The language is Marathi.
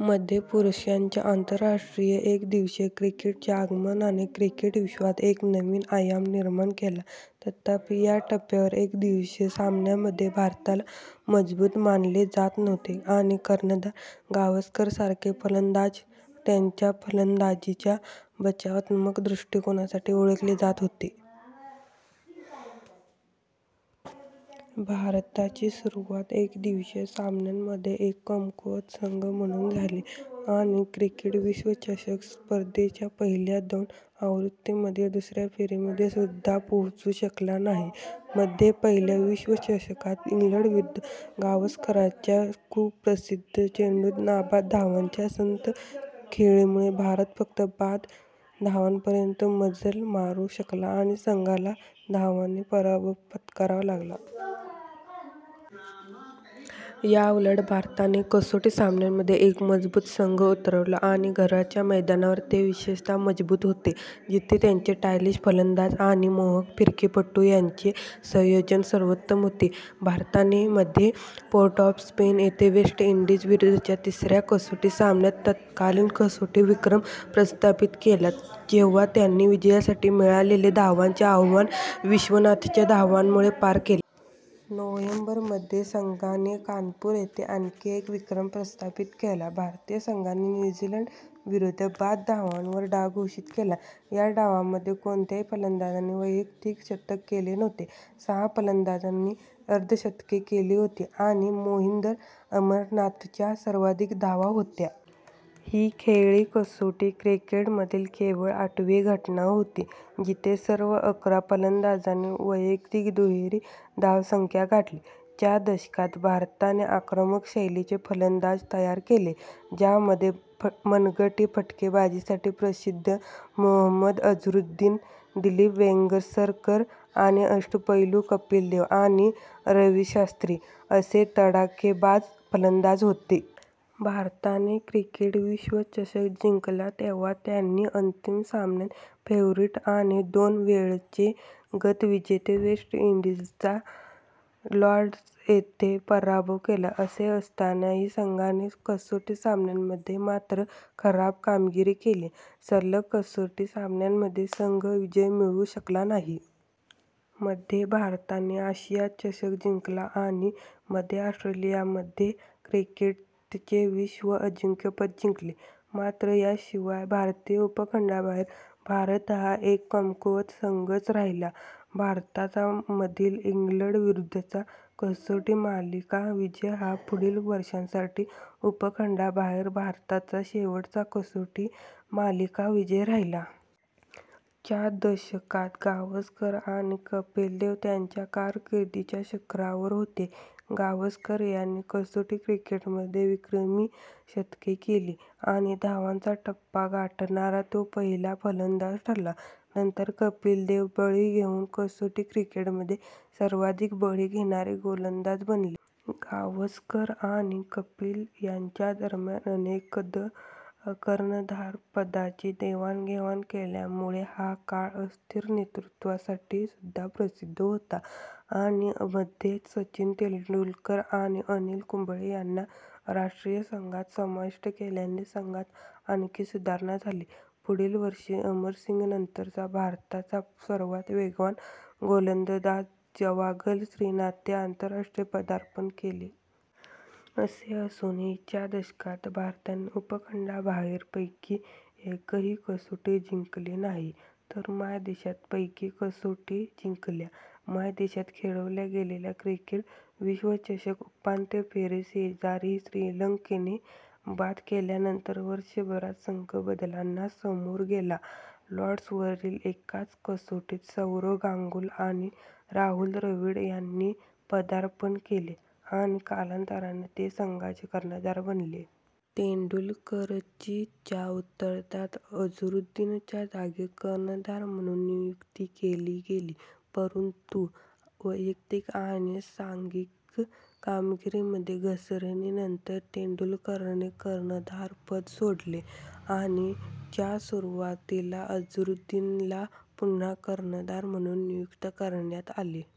मध्ये पुरुषांच्या आंतरराष्ट्रीय एकदिवसीय क्रिकेट च्या आगमनाने क्रिकेट विश्वात एक नवीन आयाम निर्माण केला. तथापि, या टप्प्यावर एकदिवसीय सामन्यांमध्ये भारताला मजबूत मानले जात नव्हते आणि कर्णधार गावस्करसारखे फलंदाज त्यांच्या फलंदाजीच्या बचावात्मक दृष्टिकोनासाठी ओळखले जात होते. भारताची सुरुवात एकदिवसीय सामन्यांमध्ये एक कमकुवत संघ म्हणून झाली आणि क्रिकेट विश्वचषक स्पर्धेच्या पहिल्या दोन आवृत्त्यांमध्ये दुसऱ्या फेरीमध्ये सुद्धा पोहोचू शकला नाही. मध्ये पहिल्या विश्वचषकात इंग्लंडविरुद्ध गावस्करच्या कुप्रसिद्ध चेंडूत नाबाद धावांच्या संथ खेळीमुळे भारत फक्त बाद धावांपर्यंत मजल मारू शकला आणि संघाला धावांनी पराभव पत्करावा लागला.। याउलट, भारताने कसोटी सामन्यांमध्ये एक मजबूत संघ उतरवला आणि घरच्या मैदानावर ते विशेषतः मजबूत होते, जिथे त्यांचे स्टायलिश फलंदाज आणि मोहक फिरकीपटू यांचे संयोजन सर्वोत्तम होते. भारताने मध्ये पोर्ट-ऑफ-स्पेन येथे वेस्ट इंडीज विरुद्धच्या तिसऱ्या कसोटी सामन्यात तत्कालीन कसोटी विक्रम प्रस्थापित केला, जेव्हा त्यांनी विजयासाठी मिळालेले धावांचे आव्हान विश्वनाथच्या धावांमुळे पार केले. नोव्हेंबर मध्ये संघाने कानपूर येथे आणखी एक विक्रम प्रस्थापित केला. भारतीय संघाने न्यू झीलंड विरुद्ध बाद धावांवर डाव घोषित केला. ह्या डावामध्ये कोणत्याही फलंदाजाने वैयक्तिक शतक केले नव्हते. सहा फलंदाजांनी अर्धशतके केली होती, आणि मोहिंदर अमरनाथ च्या सर्वाधिक धावा होत्या. ही खेळी कसोटी क्रिकेटमधील केवळ आठवी घटना होती जिथे सर्व अकरा फलंदाजांनी वैयक्तिक दुहेरी धावसंख्या गाठली. च्या दशकात, भारताने आक्रमक शैलीचे फलंदाज तयार केले. ज्यामध्ये मनगटी फटकेबाजीसाठी प्रसिद्ध मोहम्मद अझरुद्दीन, दिलीप वेंगसरकर आणि अष्टपैलू कपिल देव आणि रवी शास्त्री असे तडाखेबाज फलंदाज होते. भारताने क्रिकेट विश्वचषक जिंकला तेव्हा त्यांनी अंतिम सामन्यात फेव्हरिट आणि दोन वेळचे गतविजेते वेस्ट इंडीजचा लॉर्ड्स येथे पराभव केला. असे असतानाही, संघाने कसोटी सामन्यांमध्ये मात्र खराब कामगिरी केली. सलग कसोटी सामन्यांमध्ये संघ विजय मिळवू शकला नाही. मध्ये भारताने आशिया चषक जिंकला आणि मध्ये ऑस्ट्रेलियामध्ये क्रिकेटचे विश्व अजिंक्यपद जिंकले. मात्र याशिवाय भारतीय उपखंडाबाहेर भारत हा एक कमकुवत संघच राहिला. भारताचा मधील इंग्लंड विरुद्धचा कसोटी मालिका विजय हा पुढील वर्षांसाठी उपखंडाबाहेर भारताचा शेवटचा कसोटी मालिका विजय राहिला. च्या दशकात गावस्कर आणि कपिल देव त्यांच्या कारकिर्दीच्या शिखरावर होते. गावस्कर यांनी कसोटी क्रिकेट मध्ये विक्रमी शतके केली आणि धावांचा टप्पा गाठणारा तो पहिला फलंदाज ठरला. नंतर कपिल देव बळी घेऊन कसोटी क्रिकेटमध्ये सर्वाधिक बळी घेणारे गोलंदाज बनले. गावसकर आणि कपिल यांच्यादरम्यान अनेकद कर्णधारपदाची देवाणघेवाण केल्यामुळे हा काळ अस्थिर नेतृत्वासाठी सुद्धा प्रसिद्ध होता. आणि मध्ये सचिन तेंडुलकर आणि अनिल कुंबळे यांना राष्ट्रीय संघात समाविष्ट केल्याने संघात आणखी सुधारणा झाली. पुढील वर्षी, अमरसिंगनंतरचा भारताचा सर्वात वेगवान गोलंदाज जवागल श्रीनाथने आंतरराष्ट्रीय पदार्पण केले. असे असूनही, च्या दशकात, भारताने उपखंडाबाहेर पैकी एकही कसोटी जिंकली नाही तर मायदेशात पैकी कसोटी जिंकल्या. मायदेशात खेळवल्या गेलेल्या क्रिकेट विश्वचषक उपांत्य फेरीत शेजारी श्रीलंकेने बाद केल्यानंतर, वर्षभरात संघ बदलांना समोर गेला. लॉर्ड्स वरील एकाच कसोटीत सौरव गांगुली आणि राहुल द्रविड यांनी पदार्पण केले आणि कालांतराने ते संघाचे कर्णधार बनले. तेंडुलकरची च्या उत्तरार्धात अझरुद्दीनच्या जागी कर्णधार म्हणून नियुक्ती केली गेली, परंतु वैयक्तिक आणि सांघिक कामगिरीमध्ये घसरणीनंतर तेंडुलकरने कर्णधारपद सोडले आणि च्या सुरुवातीला अझरुद्दीनला पुन्हा कर्णधार म्हणून नियुक्त करण्यात आले.